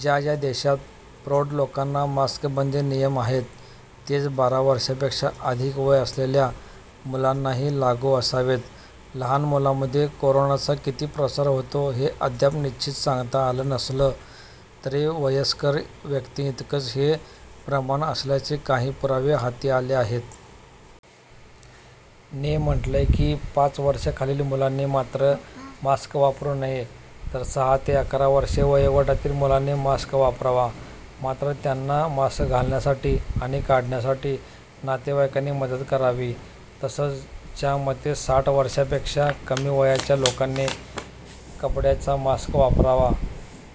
ज्या ज्या देशात प्रौढ लोकांना मास्कसंबंधी नियम आहेत, तेच बारा वर्षांपेक्षा अधिक वय असलेल्या मुलांनाही लागू असावेत. लहान मुलांमध्ये कोरोनाचा किती प्रसार होतो हे अद्याप निश्चित सांगता आलं नसलं तरी वयस्कर व्यक्तींइतकंच हे प्रमाण असल्याचे काही पुरावे हाती आले आहेत. ने म्हटलंय की पाच वर्षांखालील मुलांनी मात्र मास्क वापरू नये. तर सहा ते अकरा वर्षे वयोगटातील मुलांनी मास्क वापरावा, मात्र त्यांना मास्क घालण्यासाठी आणि काढण्यासाठी नातेवाईकांनी मदत करावी. तसंच, च्या मते साठ वर्षांपेक्षा कमी वयाच्या लोकांनी कपड्याचा मास्क वापरावा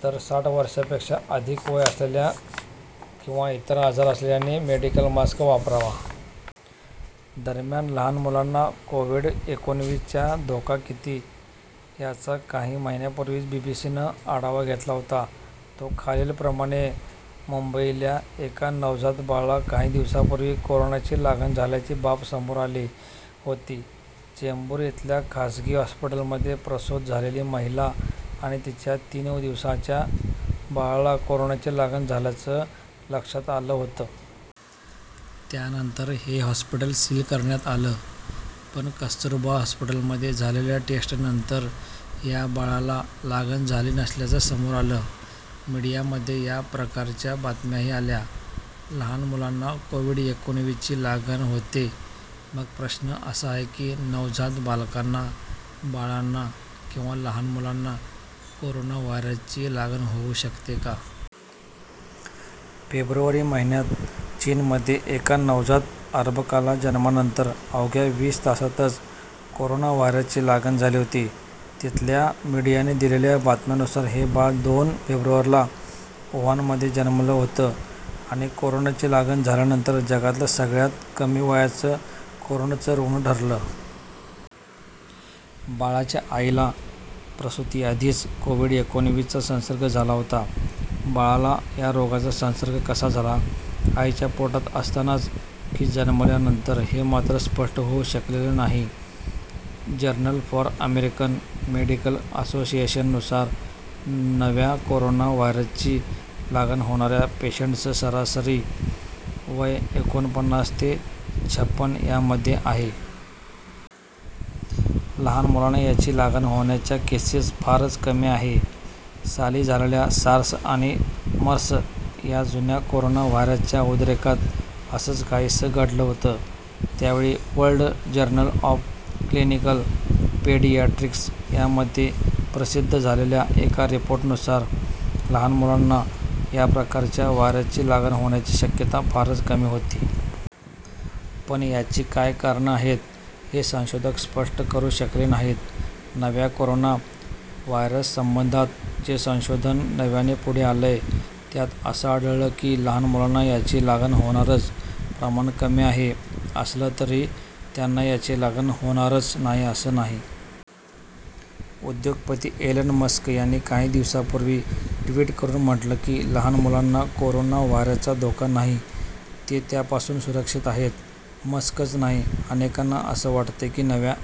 तर साठ वर्षांपेक्षा अधिक वय असलेल्या किंवा इतर आजार असलेल्यांनी मेडिकल मास्क वापरावा. दरम्यान लहान मुलांना कोव्हिड-एकोणविस चा धोका किती? याचा काही महिन्यांपूर्वीच बीबीसीनं आढावा घेतला होता, तो खालीलप्रमाणे मुंबईल्या एका नवजात बाळाला काही दिवसांपूर्वी कोरोनाची लागण झाल्याची बाब समोर आली होती. चेंबूर इथल्या खासगी हॉस्पिटलमध्ये प्रसूत झालेली महिला आणि तिच्या तीन दिवसांच्या बाळाला कोरोनाची लागण झाल्याचं लक्षात आलं होतं. त्यानंतर हे हॉस्पिटल सील करण्यात आलं. पण कस्तुरबा हॉस्पिटलमध्ये झालेल्या टेस्ट नंतर या बाळाला लागण झाली नसल्याचं समोर आलं. मीडियामध्ये या प्रकारच्या बातम्याही आल्या. लहान मुलांना कोव्हिड-एकोणविस ची लागण होते? मग प्रश्न असा आहे की नवजात बालकांना, बाळांना किंवा लहान मुलांना कोरोना व्हायरसची लागण होऊ शकते का? फेब्रुवारी महिन्यात चीनमध्ये एका नवजात अर्भकाला जन्मानंतर अवघ्या वीस तासातच कोरोना व्हायरसची लागण झाली होती. तिथल्या मीडियाने दिलेल्या बातम्यांनुसार हे बाळ दोन फेब्रुवारीला वुहानमध्ये जन्मलं होतं आणि कोरोनाची लागण झाल्यानंतर जगातलं सगळ्यात कमी वयाचं कोरोनाचं रूग्ण ठरलं. बाळाच्या आईला प्रसुतीआधीच कोविड-एकोणविस चा संसर्ग झाला होता. बाळाला या रोगाचा संसर्ग कसा झाला, आईच्या पोटात असतानाच की जन्मल्यानंतर हे मात्र स्पष्ट होऊ शकलेलं नाही. जर्नल फॉर अमेरिकन मेडिकल असोसिएशननुसार नव्या कोरोना व्हायरसची लागण होणाऱ्या पेशंट्सचं सरासरी वय एकोणपन्नास ते छपण यामध्ये आहे. लहान मुलांना याची लागण होण्याच्या केसेस फारच कमी आहे. साली झालेल्या सार्स आणि मर्स या जुन्या कोरोना व्हायरसच्या उद्रेकात असंच काहीसं घडलं होतं. त्यावेळी World Journal of Clinical Pediatrics यामध्ये प्रसिद्ध झालेल्या एका रिपोर्टनुसार लहान मुलांना या प्रकारच्या व्हायरसची लागण होण्याची शक्यता फारच कमी होती. पण याची काय कारणं आहेत हे संशोधक स्पष्ट करू शकले नाहीत. नव्या कोरोना व्हायरससंबंधात जे संशोधन नव्याने पुढे आलंय त्यात असं आढळलं की लहान मुलांना याची लागण होण्याचं प्रमाण कमी आहे असलं तरी त्यांना याची लागण होणारच नाही असं नाही. उद्योगपती एलन मस्क यांनी काही दिवसांपूर्वी ट्वीट करून म्हटलं की, लहान मुलांना कोरोना व्हायरसचा धोका नाही, ते त्यापासून सुरक्षित आहेत. मस्कच नाही, अनेकांना असं वाटतंय की नव्या